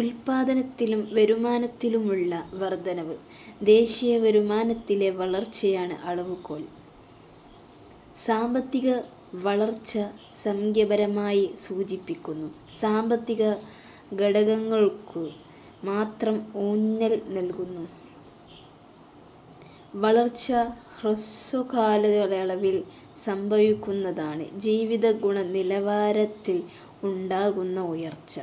ഉൽപ്പാദനത്തിലും വരുമാനത്തിലുമുള്ള വർധനവ്. ദേശീയവരുമാനത്തിലെ വളർച്ചയാണ് അളവുകോൽ. സാമ്പത്തികവളർച്ച സംഖ്യാപരമായി സൂചിപ്പിക്കുന്നു. സാമ്പത്തികഘടകങ്ങൾക്ക് മാത്രം ഊന്നൽ നൽകുന്നു. വളർച്ച ഹ്രസ്വകാലയളവിൽ സംഭവിക്കുന്നതാണ്. ജീവിതഗുണനിലവാരത്തിൽ ഉണ്ടാകുന്ന ഉയർച്ച.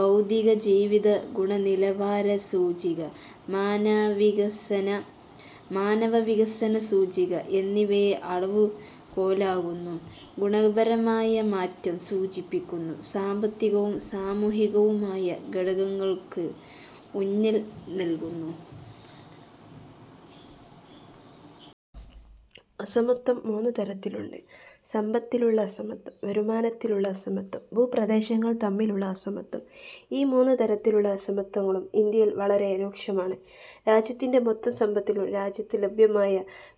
ഭൗതികജീവിതഗുണനിലവാര സൂചിക, മാനവവികസന സൂചിക എന്നിവയെ അളവുകോലാക്കുന്നു. ഗുണപരമായ മാറ്റം സൂചിപ്പിക്കുന്നു. സാമ്പത്തികവും സാമൂഹികവുമായ ഘടകങ്ങൾക്ക് ഊഞ്ഞൽ നൽകുന്നു. അസമത്വം മൂന്നു തരത്തിലുണ്ട്. സമ്പത്തിലുള്ള അസമത്വം. വരുമാനത്തിലുള്ള അസമത്വം. ഭൂപ്രദേശങ്ങൾ തമ്മിലുള്ള അസമത്വം ഈ മൂന്നു തരത്തിലുള്ള അസമത്വങ്ങളും ഇന്ത്യയിൽ വളരെ രൂക്ഷമാണ്. രാജ്യത്തിന്റെ മൊത്തം സമ്പത്തിലും രാജ്യത്ത് ലഭ്യമായ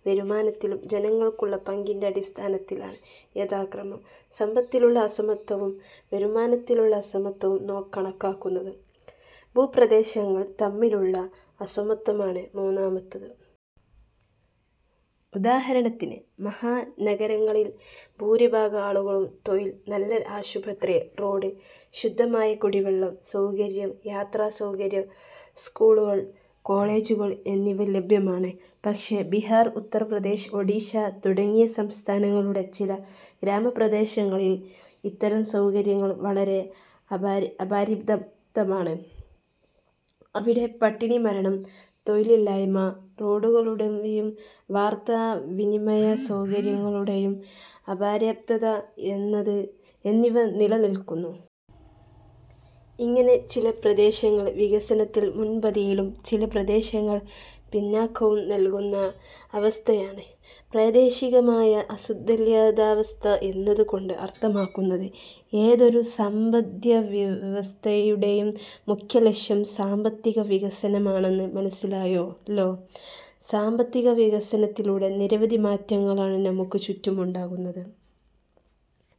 വരുമാനത്തിലും ജനങ്ങൾക്കുള്ള പങ്കിന്റെ അടിസ്ഥാനത്തിലാണ് യഥാക്രമം സമ്പത്തിലുള്ള അസമത്വവും വരുമാനത്തിലുള്ള അസമത്വവും കണക്കാക്കുന്നത്. ഭൂപ്രദേശങ്ങൾ തമ്മിലുള്ള അസമത്വമാണ് മൂന്നാമത്തേത്. ഉദാഹരണത്തിന് മഹാനഗരങ്ങളിലെ ഭൂരിഭാഗം ആളുകൾക്ക് തൊഴിൽ, നല്ല ആശുപത്രികൾ, റോഡ്, ശുദ്ധമായ കുടിവെള്ള സൗകര്യം, യാത്രാസൗകര്യം, സ്കൂളുകൾ, കോളേജുകൾ, എന്നിവ ലഭ്യമാണ്. പക്ഷേ, ബിഹാർ, ഉത്തർപ്രദേശ്, ഒഡിഷ തുടങ്ങിയ സംസ്ഥാനങ്ങളുടെ ചില ഗ്രാമപ്രദേശങ്ങളിൽ ഇത്തരം സൗകര്യങ്ങൾ വളരെ അപര്യാപ്തമാണ്. അവിടെ പട്ടിണിമരണം, തൊഴിലില്ലായ്മ, റോഡുകളുടെയും വാർത്താവിനിമയ സൗകര്യങ്ങളുടെയും അപര്യാപ്തത എന്നിവ നിലനിൽക്കുന്നു. ഇങ്ങനെ ചില പ്രദേശങ്ങൾ വികസനത്തിൽ മുൻപതിയിലും ചില പ്രദേശങ്ങൾ പിന്നാക്കവും നിൽക്കുന്ന അവസ്ഥയാണ് പ്രാദേശികമായ അസന്തുലിതാവസ്ഥ എന്നതുകൊണ്ട് അർഥമാക്കുന്നത്. ഏതൊരു സമ്പദ്വ്യവസ്ഥയുടെയും മുഖ്യ ലക്ഷ്യം സാമ്പത്തികവികസനമാണെന്ന് മനസ്സിലായല്ലോ. സാമ്പത്തികവികസനത്തിലൂടെ നിരവധി മാറ്റങ്ങളാണ് നമുക്ക് ചുറ്റും ഉണ്ടാകുന്നത്.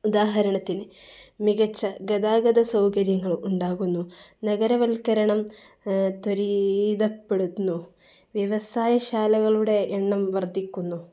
ഉദാഹരണത്തിന്, മികച്ച ഗതാഗതസൗകര്യങ്ങൾ ഉണ്ടാകുന്നു. നഗരവൽക്കരണം ത്വരിതപ്പെടുന്നു. വ്യവസായശാലകളുടെ എണ്ണം വർധിക്കുന്നു.